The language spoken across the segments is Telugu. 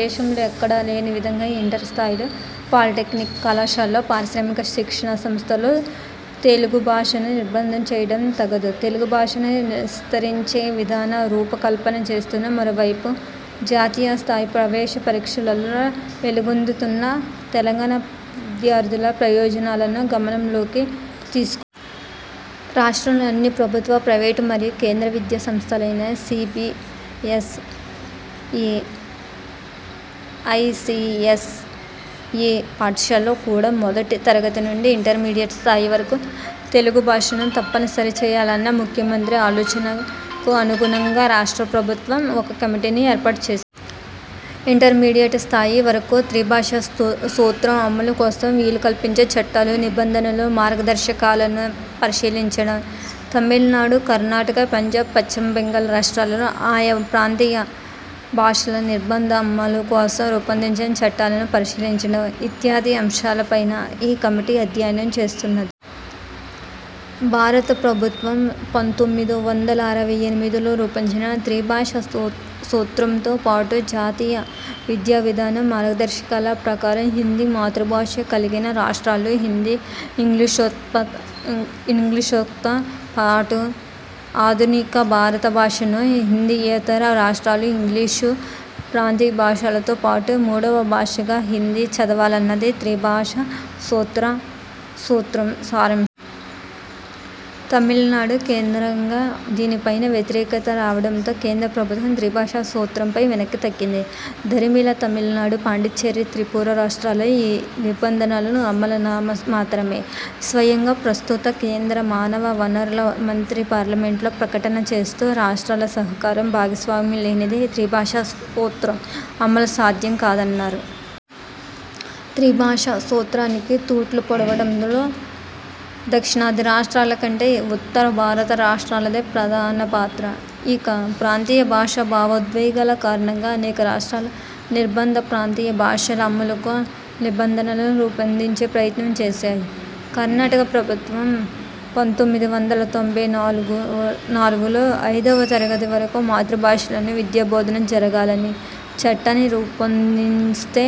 దేశంలో ఎక్కడా లేని విధంగా ఇంటర్ స్థాయిలో పాలిటెక్నిక్ కళాశాల్లో, పారిశ్రామిక శిక్షణా సంస్థల్లో తెలుగు భాషను నిర్భందం చేయడం తగదు. తెలుగు భాషను విస్తరించే విధాన రూప కల్పన చేస్తూనే మరోవైపు జాతీయ స్థాయి ప్రవేశ పరీక్షలలో వెలుగొందుతున్న తెలంగాణ విద్యార్థుల ప్రయోజనాలనూ గమనం లోకి తీసుకోవాలి. రాష్ట్రంలోని అన్ని ప్రభుత్వ, ప్రైవేటు మరియు కేంద్ర విద్యా సంస్థలైన C. B. S. E., I. C. S. E. పాఠశాలల్లో కూడ మొదటి తరగతి నుండి ఇంటర్మీడియట్ స్థాయి వరకు తెలుగు భాషను తప్ప నిసరి చేయాలన్న ముఖ్యమంత్రి ఆలోచనకు అనుగుణంగా రాష్ట్ర ప్రభుత్వం ఒక కమిటిని ఏర్పాటు చేసింది. ఇంటర్ మీడియట్ స్థాయి వరకు త్రిభాష సూత్రం అమలు కోసం వీలు కల్పించే చట్టాలు, నిబంధనలు, మార్గ దర్శకాలను పరిశీలించడం. తమిళనాడు, కర్ణాటక, పంజాబ్, పశ్చిమ బెంగాల్ రాష్ట్రాలలో ఆయా ప్రాంతీయ భాషల నిర్బంధ అమలు కోసం రూపొందించిన చట్టాలను పరిశీలించడం ఇత్యాది అంశాల పైన ఈ కమిటీ అధ్యయనం చేస్తున్నది. భారత ప్రభుత్వం పంతొమ్మిది వందల అరవై ఎనిమిదిలో రూపొందించిన త్రిభాష సూత్రంతో పాటు జాతీయ విద్యా విధానం మార్గదర్శకాల ప్రకారం హిందీ మాతృభాష కలిగిన రాష్ట్రాలు హిందీ ఇంగ్లీష్తో పాటు ఆధునిక భారత భాషనూ, హిందీయేతర రాష్ట్రాలు ఇంగ్లీష్, ప్రాంతీయ భాషలతో పాటు మూడవ భాషగా హిందీ చదవాలన్నది త్రిభాష సూత్రం సారాంశం. తమిళనాడు కేంద్రంగా దీనిపైన వ్యతిరేకత రావడంతో కేంద్ర ప్రభుత్వం త్రిభాష సూత్రంపై వెనక్కి తగ్గింది. దరిమిలా తమిళనాడు, పాండిచ్చేరి, త్రిపుర రాష్ట్రాలలో ఈ నిబం ధనలు అమలు నామ మాత్రమే. స్వయంగా ప్రస్తుత కేంద్ర మానవ వనరుల మంత్రి పార్లమెంటులో ప్రకటన చేస్తూ రాష్ట్రాల సహకారం, భాగస్వామ్యం లేనిది త్రిభాష సూత్రం అమలు సాధ్యం కాదన్నారు. త్రిభాషా సూత్రానికి తూట్లు పొడవడంలో దక్షిణాది రాష్ట్రాల కంటే ఉత్తర భారత రాష్ట్రాలదే ప్రధాన పాత్ర. ఇక, ప్రాంతీయ భాషా భావోద్వేగాల కారణంగా అనేక రాష్ట్రాలు నిర్బంధ ప్రాంతీయ భాషల అమలుకు నిబంధనలను రూపొందించే ప్రయత్నం చేసాయి. కర్ణాటక ప్రభుత్వం పంతొమ్మిది వందల తొంభై నాలుగులో ఐదవ తరగతి వరకు మాతృ భాషలోనే విద్యా బోధన జరగాలని చట్టాన్ని రూపొందిస్తే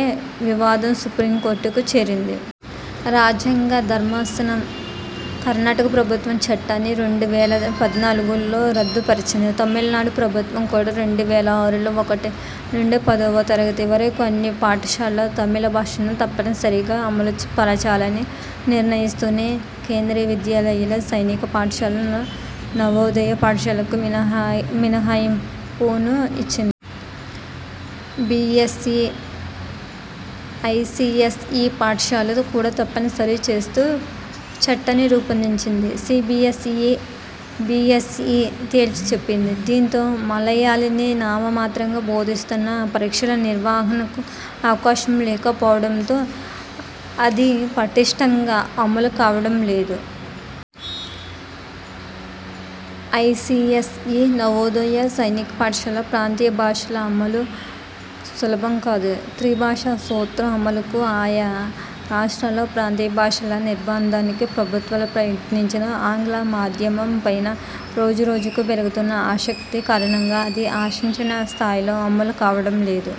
వివాదం సుప్రీంకోర్టుకు చేరింది. రాజ్యంగ ధర్మాసనం కర్ణాటక ప్రభుత్వ చట్టాన్ని రెండు వేల పద్నాలుగులో రద్దు పరిచింది. తమిళనాడు ప్రభుత్వం కూడా రెండు వేల ఆరులో ఒకటి నుండి పదివ తరగతి వరకు అన్ని పాఠశాలల్లో తమిళ భాషను తప్పని సరిగా అమలు పరచాలని నిర్ణయిస్తూనే కేంద్రీయ విద్యాలయాలు, సైనిక పాఠశాలలు, నవోదయ పాఠశాలలకు మినహాయింపును ఇచ్చింది. B. S. E., I. C. S. E. పాఠశాలల్లో కూడా తప్పనిసరి చేస్తూ చట్టాన్ని రూపొందించింది. C. B. S. E. B. S. E. తేల్చిచెప్పింది. దీంతో మలయాళీని నామమాత్రంగా బోధిస్తున్నా పరీక్షల నిర్వహణకు అవకాశం లేక పోవడంతో అది పటిష్ఠంగా అమలు కావడం లేదు. I. C. S. E., Navodaya, సైనిక పాఠశాలల్లో ప్రాంతీయ భాషల అమలు సులభం కాదు. త్రిభాషా సూత్రం అమలుకు, ఆయా రాష్ట్రాల్లో ప్రాంతీయ భాషల నిర్బంధానికీ ప్రభుత్వాలు ప్రయత్నించినా ఆంగ్ల మాధ్యమం పైన రోజు రోజుకు పెరుగుతున్న ఆసక్తి కారణంగా అది ఆశించిన స్థాయిలో అమలు కావడంలేదు.